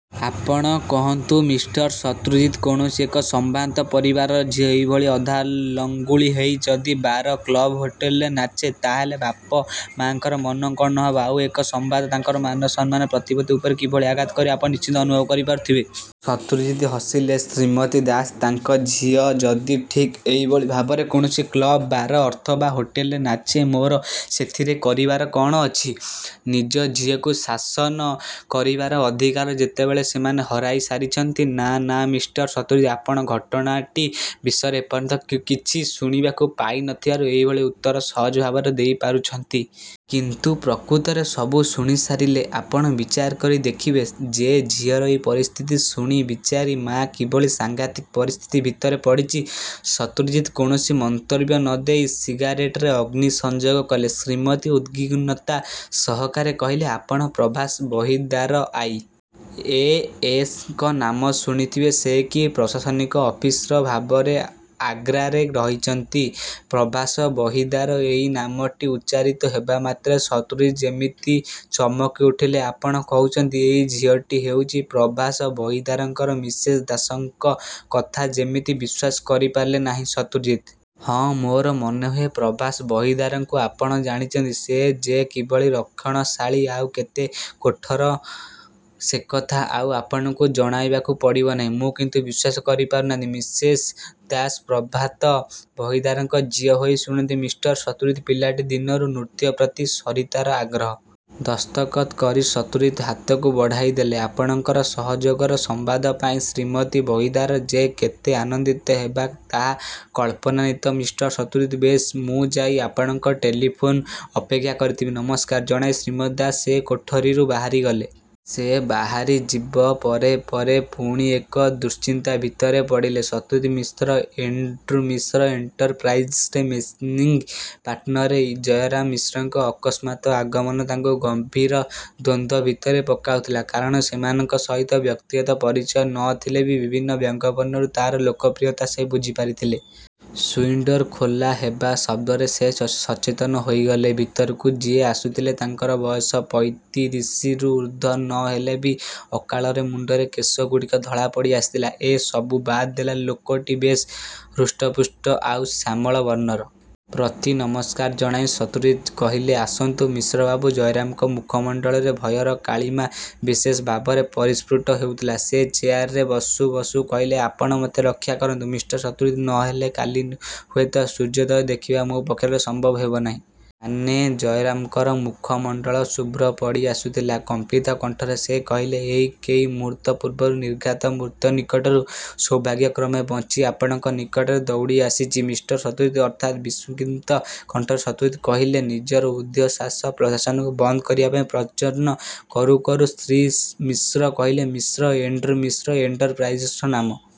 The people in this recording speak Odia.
ଆପଣ କହନ୍ତୁ ମିଷ୍ଟର ଶତ୍ରୁଜିତ୍ କୌଣସି ଏକ ସମ୍ଭ୍ରାନ୍ତ ପରିବାରର ଝିଅ, ଏଇଭଳି ଅଧାଲଙ୍ଗୁଳୀ ହେଇ ଯଦି ବାର, କ୍ଳବ, ହୋଟେଲରେ ନାଚେ, ତା ହେଲେ ବାପ ମାଆଙ୍କର ମନ କଣ ନ ହେବ! ଆଉ ଏକ ସମ୍ବାଦ ତାଙ୍କର ମାନସମ୍ମାନ ପ୍ରତିପତ୍ତି ଉପରେ କିଭଳି ଆଘାତ କରିବ ଆପଣ ନିଶ୍ଚୟ ଅନୁଭବ କରିପାରୁଥିବେ। ଶତ୍ରୁଜିତ୍ ହସିଲେ। ଶ୍ରୀମତୀ ଦାସ ,ତାଙ୍କ ଝିଅ ଯଦି ଠିକ୍ ଏଇଭଳି ଭାବରେ କୌଣସି କ୍ଲବ, ବାର ଅଥବା ହୋଟେଲରେ ନାଚେ ମୋର ସେଥିରେ କରିବାର କଣ ଅଛି? ନିଜ ଝିଅକୁ ଶାସନ କରିବାର ଅଧିକାର ଯେତେବେଳେ ସେମାନେ ହରାଇସାରିଛନ୍ତି। ନା ନା ମିଷ୍ଟର ଶତ୍ରୁଜିତ୍ ଆପଣ ଘଟଣାଟି ବିଷୟରେ ଏପର୍ଯ୍ୟନ୍ତ କିଛି ଶୁଣିବାକୁ ପାଇ ନ ଥିବାରୁ ଏଭଳି ଉତ୍ତର ସହଜ ଭାବରେ ଦେଇପାରୁଛନ୍ତି। କିନ୍ତୁ ପ୍ରକୃତରେ ସବୁ ଶୁଣିସାରିଲେ ଆପଣ ବିଚାର କରି ଦେଖିବେ ଯେ ଝିଅର ଏଇ ପରିସ୍ଥିତି ଶୁଣି ବିଚାରୀ ମା କିଭଳି ସାଂଘାତିକ ପରିସ୍ଥିତି ଭିତରେ ପଡ଼ିଛି। ଶତ୍ରୁଜିତ୍ କୌଣସି ମନ୍ତବ୍ୟ ନ ଦେଇ ସିଗାରେଟରେ ଅଗ୍ନି ସଂଯୋଗ କଲେ। ଶ୍ରୀମତୀ ଉଦ୍ବିଗ୍ନତା ସହକାରେ କହିଲେ ଆପଣ Prabhas Bahidar I. A. S. ଙ୍କ ନାମ ଶୁଣିଥିବେ ସେ କି ପ୍ରଶାସନିକ ଅଫିସର ଭାବରେ ଆଗ୍ରାରେ ରହିଛନ୍ତି। ପ୍ରଭାସ ବହିଦାର ଏଇ ନାମଟି ଉଚ୍ଚାରିତ ହେବାମାତ୍ରେ ଶତ୍ରୁଜିତ୍ ଯେମିତି ଚମକିଉଠିଲେ ଆପଣ କହୁଛନ୍ତି । ଏଇ ଝିଅଟି ହେଉଛି ପ୍ରଭାସ ବହିଦାରଙ୍କର ମିସେସ୍ ଦାସଙ୍କ କଥା ଯେମିତି ବିଶ୍ୱାସ କରିପାରିଲେ ନାହିଁ ଶତ୍ରୁଜିତ୍। ହଁ, ମୋର ମନେହୁଏ ପ୍ରଭାସ ବହିଦାରଙ୍କୁ ଆପଣ ଜାଣିଛନ୍ତି। ସେ ଯେ କିଭଳି ରକ୍ଷଣଶାଳୀ ଆଉ କେତେ କଠୋର ସେକଥା ଆଉ ଆପଣଙ୍କୁ ଜଣାଇବାକୁ ପଡ଼ିବ ନାହିଁ। ମୁଁ କିନ୍ତୁ ବିଶ୍ୱାସ କରିପାରୁନାହିଁ । ମିସେସ ଦାସ ପ୍ରଭାତ ବହିଦାରଙ୍କ ଝିଅ ହୋଇ ଶୁଣନ୍ତୁ ମିଷ୍ଟର ଶତ୍ରୁଜିତ୍ ପିଲାଟି ଦିନରୁ ନୃତ୍ୟ ପ୍ରତି ସରିତାର ଆଗ୍ରହ। ଦସ୍ତଖତ୍ କରି ଶତ୍ରୁଜିତ୍ ହାତକୁ ବଢ଼ାଇଦେଲେ। ଆପଣଙ୍କର ସହଯୋଗର ସମ୍ବାଦ ପାଇ ଶ୍ରୀମତୀ ବହିଦାର ଯେ କେତେ ଆନନ୍ଦିତ ହେବେ ତାହା କଳ୍ପନାତୀତ। ମିଷ୍ଟର ଶତ୍ରୁଜିତ୍ ବେଶ୍ ମୁଁ ଯାଇ ଆପଣଙ୍କ ଟେଲିଫୋନ୍କୁ ଅପେକ୍ଷା କରିଥିବି। ନମସ୍କାର ଜଣାଇ ଶ୍ରୀମତୀ ଦାସ ସେ କୋଠରିରୁ ବାହାରିଗଲେ। ସେ ବାହାରିଯିବ ପରେ ପରେ ପୁଣି ଏକ ଦୁଶ୍ଚିନ୍ତା ଭିତରେ ପଡ଼ିଲେ ଶତ୍ରୁଜିତ୍ ମିଶ୍ର, ଏଣ୍ତ୍ ମିଶ୍ର, ଏଣ୍ଟରପ୍ରାଇଜର୍ସର ମେନେଜିଂ ପାର୍ଟନର ଜୟରାମ ମିଶ୍ରଙ୍କ ଅକସ୍ମାତ୍ ଆଗମନ ତାଙ୍କୁ ଗଭୀର ଦ୍ୱନ୍ଦ୍ୱ ଭିତରେ ପକାଉଥିଲା। କାରଣ ସେମାନଙ୍କ ସହିତ ବ୍ୟକ୍ତିଗତ ପରିଚୟ ନ ଥିଲେ ବି ବିଭିନ୍ନ ବିଜ୍ଞାପନରୁ ତାର ଲୋକପ୍ରିୟତା ସେ ବୁଝିପାରିଥିଲେ। ସୁଇଂଡୋର ଖୋଲା ହେବା ଶଦ୍ଦରେ ସେ ସଚେତନ ହୋଇଗଲେ। ଭିତରକୁ ଯିଏ ଆସୁଥିଲେ ତାଙ୍କର ବୟସ ପଇତିରିସି ରୁ ଊର୍ଦ୍ଧ୍ୱ ନ ହେଲେ ବି ଅକାଳରେ ମୁଣ୍ତର କେଶଗୁଡ଼ିକ ଧଳା ପଡ଼ିଆସିଥିଲା। ଏ ସବୁ ବାଦ୍ ଦେଲେ ଲୋକଟି ବେଶ୍ ହୃଷ୍ଟପୁଷ୍ଟ ଆଉ ଶ୍ୟାମଳ ବର୍ଣ୍ଣର। ପ୍ରତିନମସ୍କାର ଜଣାଇ ଶତ୍ରୁଜିତ୍ କହିଲେ ଆସନ୍ତୁ ମିଶ୍ରବାବୁ। ଜୟରାମଙ୍କ ମୁଖମଣ୍ତଳରେ ଭୟର କାଳିମା ବିଶେଷ ଭାବରେ ପରିସ୍ଫୁଟ ହେଉଥିଲା। ସେ ଚେୟାରରେ ବସୁ ବସୁ କହିଲେ ଆପଣ ମୋତେ ରକ୍ଷା କରନ୍ତୁ। ମିଷ୍ଟର ଶତ୍ରୁଜିତ୍ ନ ହେଲେ କାଲି ହୁଏତ ସୂର୍ଯ୍ୟୋଦୟ ଦେଖିବା ମୋ ପକ୍ଷରେ ସମ୍ଭବ ହେବ ନାହିଁ। ମାନେ ଜୟରାମଙ୍କର ମୁଖମଣ୍ତଳ ଶୁଭ୍ର ପଡ଼ିଆସୁଥିଲା। କମ୍ପିତ କଣ୍ଠରେ ସେ କହିଲେ ଏଇ କେଇ ମୁହୂର୍ତ୍ତ ପୂର୍ବରୁ ନିର୍ଘାତ ମୃତ୍ୟୁ ନିକଟରୁ ସୌଭାଗ୍ୟକ୍ରମେ ବଞ୍ଚି ଆପଣଙ୍କ ନିକଟକୁ ଦୌଡ଼ିଆସିଛି। ମିଷ୍ଟର ଶତ୍ରୁଜିତ୍ ଅର୍ଥାତ୍ ବିସ୍ମିତ କଣ୍ଠରେ ଶତ୍ରୁଜିତ୍ କହିଲେ। ନିଜର ଊର୍ଦ୍ଧ୍ୱ ଶ୍ୱାସ ପ୍ରଶ୍ୱାସକୁ ବନ୍ଦ କରିବାପାଇଁ ପ୍ରଯତ୍ନ କରୁକରୁ ଶ୍ରୀ ମିଶ୍ର କହିଲେ, ମିଶ୍ର ଏଣ୍ତ୍ ମିଶ୍ର ଏଣ୍ଟରପ୍ରାଇଜର୍ସର ନାମ ।